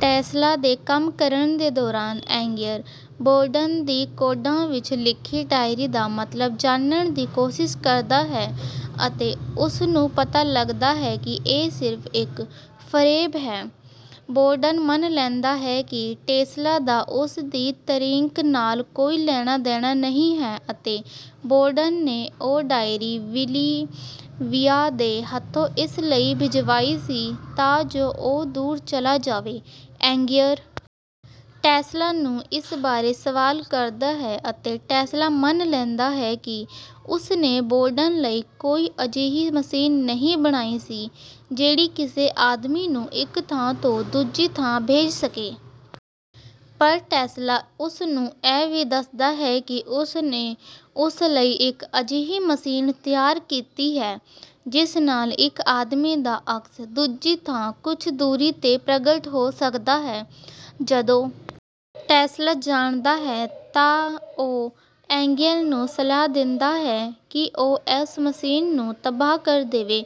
Tesla ਦੇ ਕੰਮ ਕਰਨ ਦੇ ਦੌਰਾਨ ਐਂਗੀਅਰ, ਬੌਰਡਨ ਦੀ ਕੋਡਾਂ ਵਿੱਚ ਲਿਖੀ ਡਾਇਰੀ ਦਾ ਮਤਲਬ ਜਾਣਨ ਦੀ ਕੋਸ਼ਿਸ਼ ਕਰਦਾ ਹੈ ਅਤੇ ਉਸ ਨੂੰ ਪਤਾ ਲੱਗਦਾ ਹੈ ਕਿ ਇਹ ਸਿਰਫ਼ ਇੱਕ ਫ਼ਰੇਬ ਹੈ। ਬੌਰਡਨ ਮੰਨ ਲੈਂਦਾ ਹੈ ਕਿ ਟੈਸਲਾ ਦਾ ਉਸ ਦੀ ਟਰਿੱਕ ਨਾਲ ਕੋਈ ਲੈਣਾ-ਦੇਣਾ ਨਹੀਂ ਹੈ ਅਤੇ ਬੌਰਡਨ ਨੇ ਉਹ ਡਾਇਰੀ ਓਲੀਵੀਆ ਦੇ ਹੱਥੋਂ ਇਸ ਲਈ ਭਿਜਵਾਈ ਸੀ ਤਾਂ ਜੋ ਉਹ ਦੂਰ ਚਲਾ ਜਾਵੇ। ਐਂਗੀਅਰ ਟੈਸਲਾ ਨੂੰ ਇਸ ਬਾਰੇ ਸਵਾਲ ਕਰਦਾ ਹੈ ਅਤੇ ਟੈਸਲਾ ਮੰਨ ਲੈਂਦਾ ਹੈ ਕਿ ਉਸ ਨੇ ਬੌਰਡਨ ਲਈ ਕੋਈ ਅਜਿਹੀ ਮਸ਼ੀਨ ਨਹੀਂ ਬਣਾਈ ਸੀ, ਜਿਹੜੀ ਕਿਸੇ ਆਦਮੀ ਨੂੰ ਇੱਕ ਥਾਂ ਤੋਂ ਦੂਜੀ ਥਾਂ ਭੇਜ ਸਕੇ। ਪਰ ਟੈਸਲਾ ਉਸ ਨੂੰ ਇਹ ਵੀ ਦੱਸਦਾ ਹੈ ਕਿ ਉਸ ਨੇ ਉਸ ਲਈ ਇੱਕ ਅਜਿਹੀ ਮਸ਼ੀਨ ਤਿਆਰ ਕੀਤੀ ਹੈ, ਜਿਸ ਨਾਲ ਇੱਕ ਆਦਮੀ ਦਾ ਅਕਸ ਦੂਜੀ ਥਾਂ ਕੁਝ ਦੂਰੀ ’ਤੇ ਪ੍ਰਗਟ ਹੋ ਸਕਦਾ ਹੈ। ਜਦੋਂ ਟੈਸਲਾ ਜਾਂਦਾ ਹੈ ਤਾਂ ਉਹ ਐਂਗੀਅਰ ਨੂੰ ਸਲਾਹ ਦਿੰਦਾ ਹੈ ਕਿ ਉਹ ਉਸ ਮਸ਼ੀਨ ਨੂੰ ਤਬਾਹ ਕਰ ਦੇਵੇ।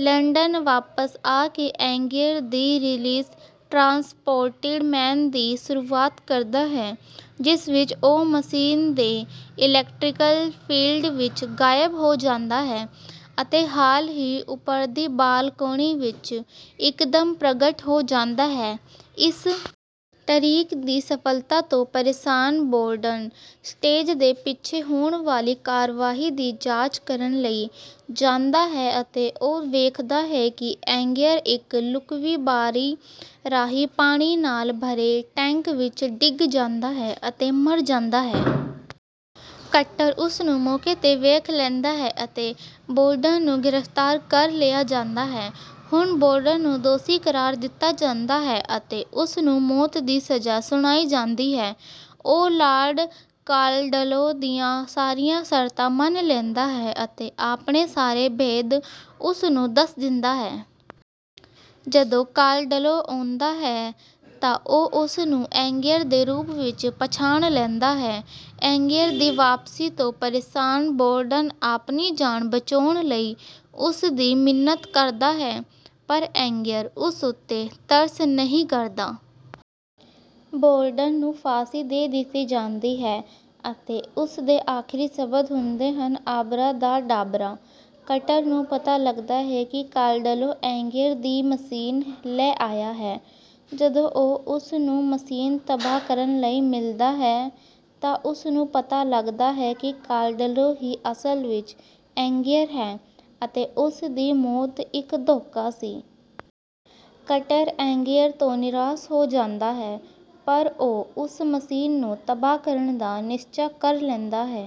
ਲੰਡਨ ਵਾਪਸ ਆ ਕੇ ਐਂਗੀਅਰ ‘ਦਿ ਰੀਅਲ ਟਰਾਂਸਪੋਰਟਿਡ ਮੈਨ’ ਦੀ ਸ਼ੁਰੂਆਤ ਕਰਦਾ ਹੈ, ਜਿਸ ਵਿੱਚ ਉਹ ਮਸ਼ੀਨ ਦੇ ਇਲੈਕਟ੍ਰਿਕਲ ਫ਼ੀਲਡ ਵਿੱਚ ਗਾਇਬ ਹੋ ਜਾਂਦਾ ਹੈ ਅਤੇ ਹਾਲ ਦੀ ਉੱਪਰਲੀ ਬਾਲਕੋਨੀ ਵਿੱਚ ਇੱਕਦਮ ਪ੍ਰਗਟ ਹੋ ਜਾਂਦਾ ਹੈ। ਇਸ ਟਰਿੱਕ ਦੀ ਸਫ਼ਲਤਾ ਤੋਂ ਪਰੇਸ਼ਾਨ ਬੌਰਡਨ ਸਟੇਜ ਦੇ ਪਿੱਛੇ ਹੋਣ ਵਾਲੀ ਕਾਰਵਾਈ ਦੀ ਜਾਂਚ ਕਰਨ ਲਈ ਜਾਂਦਾ ਹੈ ਅਤੇ ਉਹ ਵੇਖਦਾ ਹੈ ਕਿ ਐਂਗੀਅਰ ਇੱਕ ਲੁਕਵੀਂ ਬਾਰੀ ਰਾਹੀਂ ਪਾਣੀ ਨਾਲ ਭਰੇ ਟੈਂਕ ਵਿੱਚ ਡਿੱਗ ਜਾਂਦਾ ਹੈ ਅਤੇ ਮਰ ਜਾਂਦਾ ਹੈ। ਕਟਰ ਉਸ ਨੂੰ ਮੌਕੇ ’ਤੇ ਵੇਖ ਲੈਂਦਾ ਹੈ ਅਤੇ ਬੌਰਡਨ ਨੂੰ ਗ੍ਰਿਫ਼ਤਾਰ ਕਰ ਲਿਆ ਜਾਂਦਾ ਹੈ। ਹੁਣ ਬੌਰਡਨ ਨੂੰ ਦੋਸ਼ੀ ਕਰਾਰ ਦਿੱਤਾ ਜਾਂਦਾ ਹੈ ਅਤੇ ਉਸ ਨੂੰ ਮੌਤ ਦੀ ਸਜ਼ਾ ਸੁਣਾਈ ਜਾਂਦੀ ਹੈ। ਉਹ ਲਾਰਡ ਕਾਲਡਲੋ ਦੀਆਂ ਸਾਰੀਆਂ ਸ਼ਰਤਾਂ ਮੰਨ ਲੈਂਦਾ ਹੈ ਅਤੇ ਆਪਣੇ ਸਾਰੇ ਭੇਦ ਉਸ ਨੂੰ ਦੱਸ ਦਿੰਦਾ ਹੈ। ਜਦੋਂ ਕਾਲਡਲੋ ਆਉਂਦਾ ਹੈ ਤਾਂ ਉਹ ਉਸ ਨੂੰ ਐਂਗੀਅਰ ਦੇ ਰੂਪ ਵਿੱਚ ਪਛਾਣ ਲੈਂਦਾ ਹੈ। ਐਂਗੀਅਰ ਦੀ ਵਾਪਸੀ ਤੋਂ ਪਰੇਸ਼ਾਨ ਬੌਰਡਨ ਆਪਣੀ ਜਾਨ ਬਚਾਉਣ ਲਈ ਉਸ ਦੀ ਮਿੰਨਤ ਕਰਦਾ ਹੈ, ਪਰ ਐਂਗੀਅਰ ਉਸ ਉੱਤੇ ਤਰਸ ਨਹੀਂ ਕਰਦਾ। ਬੌਰਡਨ ਨੂੰ ਫ਼ਾਂਸੀ ਦੇ ਦਿੱਤੀ ਜਾਂਦੀ ਹੈ ਅਤੇ ਉਸ ਦੇ ਆਖ਼ਰੀ ਸ਼ਬਦ ਹੁੰਦੇ ਹਨ: “ਆਬਰਾ ਕਾ ਡਾਬਰਾ।”ਕਟਰ ਨੂੰ ਪਤਾ ਲੱਗਦਾ ਹੈ ਕਿ ਕਾਲਡਲੋ ਐਂਗੀਅਰ ਦੀ ਮਸ਼ੀਨ ਲੈ ਆਇਆ ਹੈ। ਜਦੋਂ ਉਹ ਉਸ ਨੂੰ ਮਸ਼ੀਨ ਤਬਾਹ ਕਰਨ ਲਈ ਮਿਲਦਾ ਹੈ ਤਾਂ ਉਸ ਨੂੰ ਪਤਾ ਲੱਗਦਾ ਹੈ ਕਿ ਕਾਲਡਲੋ ਹੀ ਅਸਲ ਵਿੱਚ ਐਂਗੀਅਰ ਹੈ ਅਤੇ ਉਸ ਦੀ ਮੌਤ ਇੱਕ ਧੋਖਾ ਸੀ। ਕਟਰ ਐਂਗੀਅਰ ਤੋਂ ਨਿਰਾਸ਼ ਹੋ ਜਾਂਦਾ ਹੈ, ਪਰ ਉਹ ਉਸ ਮਸ਼ੀਨ ਨੂੰ ਤਬਾਹ ਕਰਨ ਦਾ ਨਿਸ਼ਚਾ ਕਰ ਲੈਂਦਾ ਹੈ।